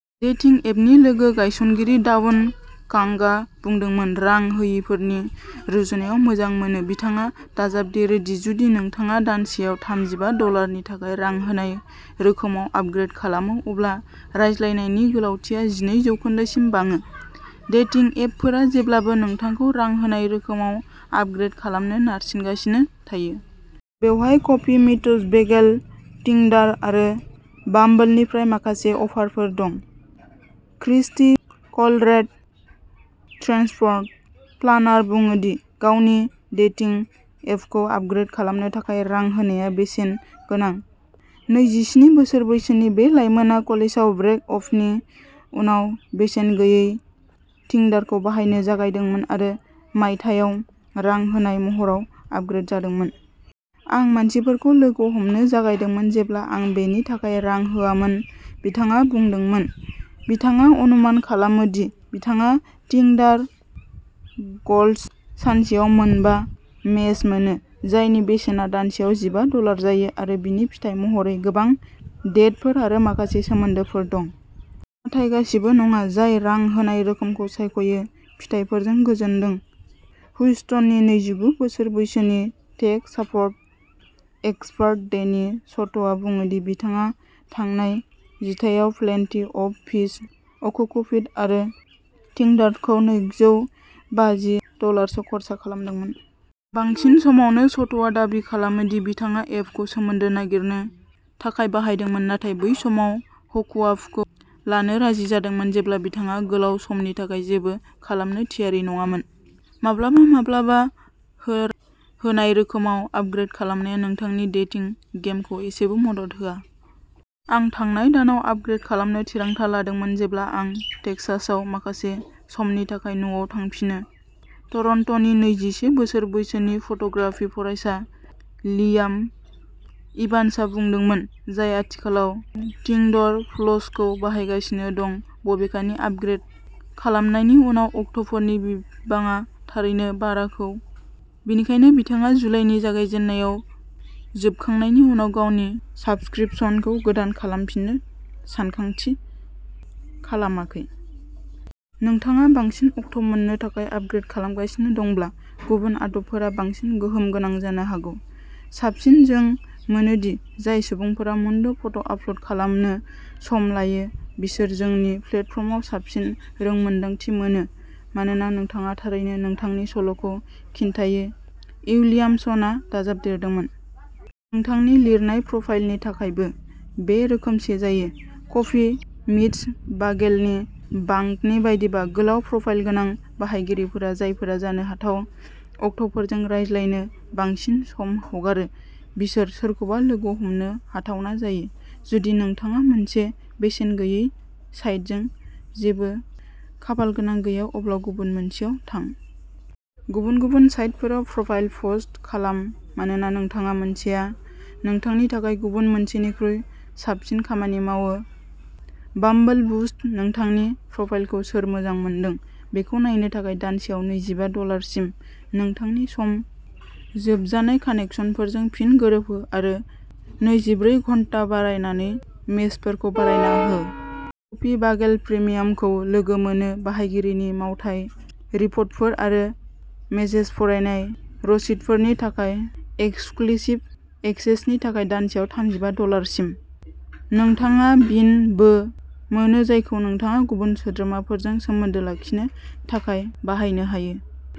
Dating एपनि लोगो गायसनगिरि दावुन कांगआ बुंदोंमोन, रां होयिफोरनि रुजुनायाव मोजां मोनो। बिथाङा दाजाबदेरो दि जुदि नोंथाङा दानसेआव थामजिबा डलारनि थाखाय रां होनाय रोखोमाव आपग्रेद खालामो, अब्ला रायज्लायनायनि गोलावथिया जिनै जौखोन्दोसिम बाङो। डेटिं एपफोरा जेब्लाबो नोंथांखौ रां होनाय रोखोमाव आपग्रेद खालामनो नारसिनगासिनो थायो। बेवहाय कफि मिट्स बेगेल, टिंडार आरो बाम्बलनिफ्राय माखासे अफारफोर दं। क्रिस्टि कलरेड निउयर्कनि मोनसे ट्रेन्सपर्ट'न प्लानार, बुङो दि गावनि डेटिं एपखौ आपग्रेद खालामनो थाखाय रां होनाया बेसेन गोनां। नैजिस्नि बोसोर बैसोनि बे लाइमोनआ कलेजआव ब्रेक आपनि उनाव बेसेन गैयै टिंडारखौ बाहायनो जागायदोंमोन आरो मायथाइयाव रां होनाय महराव आपग्रेद जादोंमोन। आं मानसिफोरखौ लोगो हमनो जागायदोंमोन जेब्ला आं बेनि थाखाय रां होआमोन बिथाङा बुंदोंमोन। बिथाङा अनुमान खालामो दि बिथाङा टिंडार गल्डजों सानसेयाव मोनबा मेच मोनो, जायनि बेसेना दानसेआव जिबा डलार जायो, आरो बिनि फिथाय महरै गोबां डेटफोर आरो माखासे सोमोन्दोफोर दं। नाथाय गासिबो नङा जाय रां होनाय रोखोमखौ सायख'यो। फिथाइफोरजों गोजोनदों। ह्यूस्टननि नैजिगु बोसोर बैसोनि टेक सापर्ट एक्सपार्ट डेनि स'ट'आ बुङो दि बिथाङा थांनाय जिथाइयाव प्लेन्टी अफ फिश, अ'ककुपिड आरो टिंडरआव नैजौ बाजि डलारसो खर्सा खालामदों। बांसिन समावनो स'ट'आ दाबि खालामो दि बिथाङा एपखौ सोमोन्दो नागिरनो थाखाय बाहायदोंमोन, नाथाय बै समाव हुकआपखौ लानो राजि जादोंमोन जेब्ला बिथाङा गोलाव समनि थाखाय जेबो खालामनो थियारि नङामोन। माब्लाबा-माब्लाबा रां हो-होनाय रोखोमाव आपग्रेद खालामनाया नोंथांनि डेटिं गेमखौ एसेबो मदद होआ। आं थांनाय दानाव आपग्रेद खालामनो थिरांथा लादोंमोन, जेब्ला आं टेक्सासआव माखासे समनि थाखाय न'आव थांफिनो ट'रन्ट'नि नैजिसे बोसोर बैसोनि फट'ग्राफि फरायसा लियाम इभान्सआ बुंदोंमोन, जाय आथिखालाव टिंडर प्लसखौ बाहायगासिनो दं। बबेखानि आपग्रेद खालामनायनि उनाव अक्ट'फोरनि बिबाङा थारैनो बाराखै बेनिखायनो बिथाङा जुलाइनि जागायजेन्नायाव जोबखांनायनि उनाव गावनि साब्सक्रिपशनखौ गोदान खालामफिननो सानथांखि खालामाखै। नोंथाङा बांसिन अक्ट' मोन्नो थाखाय आपग्रेद खालामगासिनो दंब्ला, गुबुन आदबफोरा बांसिन गोहोम गोनां जानो हागौ। साबसिन जों मोनो दि जाय सुबुंफोरा मोनद' फट' आपल'ड खालामनो सम लायो, बिसोर जोंनि प्लेटफर्मआव साबसिन रोंमोन्दांथि मोनो मानोना नोंथाङा थारैनो नोंथांनि सल'खौ खिन्थायो उइलियामसनआ दाजाबदेरदोंमोन। नोंथांनि लिरनाय प्रफाइलनि थाखायबो बे रोखोमसे जायो। कफि मिट्स बागेलनि कांगनि बायदिब्ला, गोलाव प्रफाइल गोनां बाहायगिरिफोरा जायफोरा जानो हाथाव अक्ट'फोरजों रायज्लायनो बांसिन सम हगारो, बिसोर सोरखौबा लोगो हमनो हाथावना जायो। जुदि नोंथाङा मोनसे बेसेन गैयै साइटजों जेबो खाफालगोनां गैया, अब्ला गुबुन मोनसेआव थां। गुबुन-गुबुन साइटफोराव प्रफाइल पस्ट खालाम मानोना नोंथाङा मोनसेया नोंथांनि थाखाय गुबुन मोनसेनिख्रुइ साबसिन खामानि मावो। बाम्बल बुस्ट नोंथांनि प्रफाइलखौ सोर मोजां मोनदों बेखौ नायनो थाखाय दानसेआव नैजिबा डलार सिम, नोंथांनि सम जोबजाखानाय कानेकसनफोरजों फिन गोरोबहो, आरो नैजिब्रै घन्टा बारायनानै मेचफोरखौ बारायना हो। कफि बागेल प्रिमियामखौ लोगो मोनो बाहायगिरिनि मावथाय रिपर्टफोर आरो मेसेज फरायनाय रसिदफोरनि थाखाय एक्सक्लुसिभ एक्सेसनि थाखाय दानसेआव थामजिबा डलार सिम। नोंथाङा बिन बो मोनो जायखौ नोंथाङा गुबुन सोद्रोमाफोरजों सोमोन्दो लाखिनो थाखाय बाहायनो हायो।